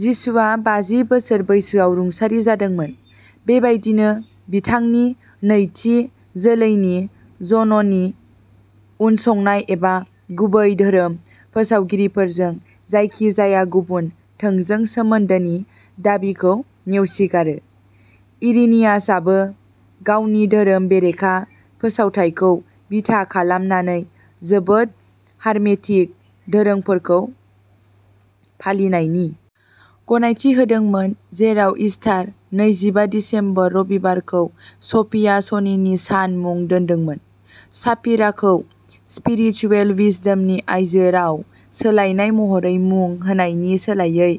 जिशुआ बाजि बोसोर बैसोआव रुंसारि जादोंमोन। बेबादिनो बिथांनि नैथि जोलैनि ज'ननि उनसंनाय एबा गुबै धोरोम फोसावगिरिफोरजों जायखिजाया गुबुन थोंजों सोमोन्दोनि दाबिखौ नेवसिगारो। इरिनियासआबो गावनि धोरोम बेरेखा फोसावथायखौ बिथा खालामनानै जोबोद हारमेटिक दोरोंफोरखौ फालिनायनि गनायथि होदोंमोन, जेराव इस्टार, नैजिबा दिसेम्बर, रबिबारखौ सोफिया शनिनि सान मुं दोन्दोंमोन, "साफिरा" खौ "स्पिरिचुएल विजडम" नि आइजो राव सोलायनाय महरै मुं होनायनि सोलायै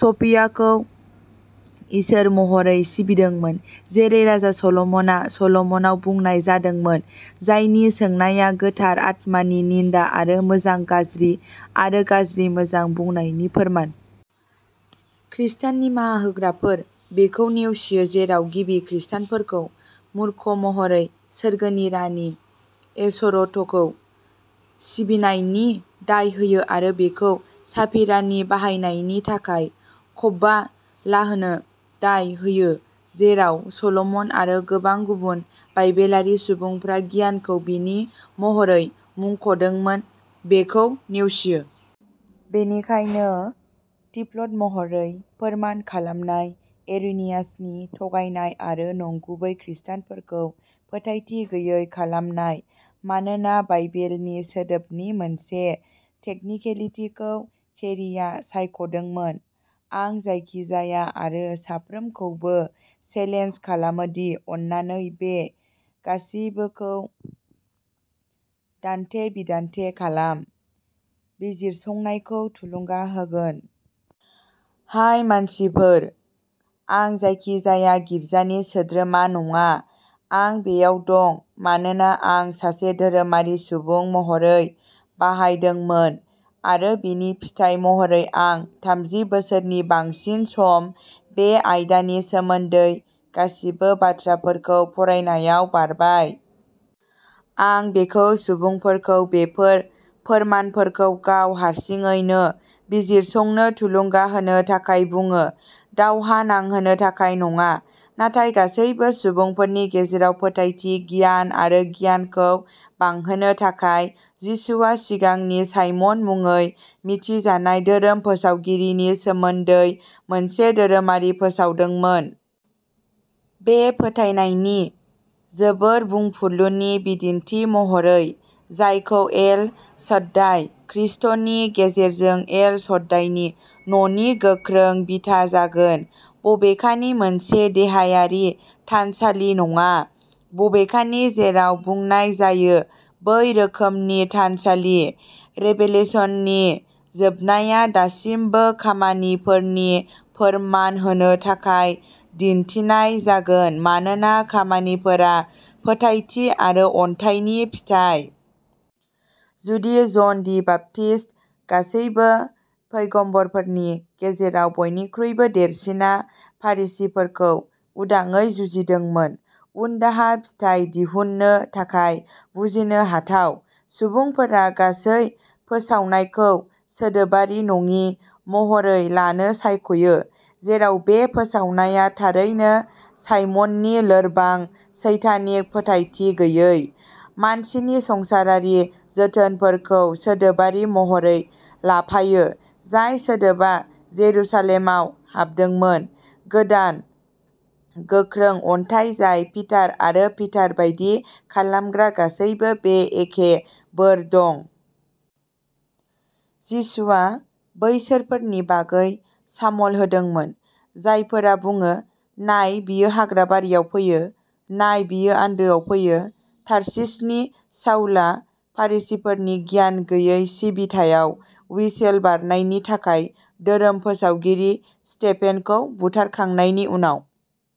सोफियाखौ इसोर महरै सिबिदोंमोन, जेरै राजा सल'मनआ सल'मनआव बुंनाय जादोंमोन जायनि सोंनाया गोथार आत्मानि निन्दा आरो मोजां गाज्रि आरो गाज्रि मोजां बुंनायनि फोरमान। खृस्टान निमाहा होग्राफोर, बेखौ नेवसियो, जेराव गिबि खृस्टानफोरखौ मुर्ख महरै सोरगोनि रानि, एश'र'थखौ सिबिनाय नि दाय होयो आरो बेखौ साफिरानि बाहायनायनि थाखाय कब्बालाहनो दाय होयो, जेराव सल'मन आरो गोबां गुबुन बाइबेलारि सुबुंफ्रा गियान खौ बिनि महरै मुंख'दोंमोन बेखौ नेवसियो। बेनिखायनो, दिफल्ट महरै, फोरमान खालामनाय। इरेनियासनि थगायनाय आरो नंगुबै ख्रिस्टानफोरखौ फोथायथि गैयै खालामनाय, मानोना बाइबेलनि सोदोबनि मोनसे टेकनिकेलितिखौ चेरीआ सायख'दोंमोन। आं जायखिजाया आरो साफ्रोमखौबो चेलेन्ज खालामो दि अन्नानै बे गासिबोखौ दान्थे-बिदान्थे खालाम, बिजिरसंनायखौ थुलुंगा होगोन। हाय मानसिफोर, आं जायखिजाया गिर्जानि सोद्रोमा नङा। आं बेयाव दं मानोना आं सासे धोरोमारि सुबुं महरै बाहायदोंमोन आरो बेनि फिथाय महरै आं थामजि बोसोरनि बांसिन सम बे आयदानि सोमोन्दै गासिबो बाथ्राफोरखौ फरायनायाव बारबाय। आं बेखौ सुबुंफोरखौ बेफोर फोरमानफोरखौ गाव हारसिङैनो बिजिरसंनो थुलुंगा होनो थाखाय बुङो, दावहा नांहोनो थाखाय नङा नाथाय गासैबो सुबुंफोरनि गेजेराव फोथायथि गियान आरो गियानखौ बांहोनो थाखाय। जिसुआ सिगांनि साइमन मुङै मिथिजानाय धोरोम फोसावगिरिनि सोमोन्दै मोनसे धोरोमारि फोसावदोंमोन । बे फोथायनायनि जोबोर बुंफुरलुनि बिदिन्थि महरै जायखौ एल शड्डाइ, ख्रिष्टनि गेजेरजों एल शड्डाइनि न'नि गोख्रों बिथा जागोन। बबेखानि, मोनसे देहायारि थानसालि नङा, बबेखानि जेराव बुंनाय जायो बै रोखोमनि थानसालि। रेभेलेशननि जोबनाया दासिमबो खामानिफोरनि फोरमान होनो थाखाय दिन्थिनाय जागोन, मानोना खामानिफोरा फोथायथि आरो अनथाइनि फिथाय। जुदि जन दि बेप्टिस्ट, गासैबो पैगम्बरफोरनि गेजेराव बयनिख्रुइबो देरसिनआ फरिसीफोरखौ उदाङै जुजिदोंमोन उनदाहा फिथाइ दिहुननो थाखाय बुजिनो हाथाव, सुबुंफोरा गासै फोसावनायखौ सोदोबारि नङि महरै लानो सायख'यो, जेराव बे फोसावनाया थारैनो साइमननि लोरबां, सैतानिक, फोथायथि गैयै, मानसिनि संसारारि जोथोनफोरखौ सोदोबारि महरै लाफायो, जाय सोदोबआ जेरुसालेमाव हाबदोंमोन गोदान, गोख्रों अन्थाइ जाय पिटार आरो पिटार बायदि खालामग्रा गासैबो, बे एखे बोर दं। जिसुआ बैसोरफोरनि बागै सामोल होदोंमोन जायफोरा बुङो नाय बियो हाग्राबारियाव फैयो, नाय बियो आन्दोआव फैयो, तारसिसनि साउलआ, फरिसीफोरनि गियान गैयै सिबिथायाव हुइसेल बारनायनि थाखाय धोरोम फोसावगिरि स्टेफेनखौ बुथारखांनायनि उनाव।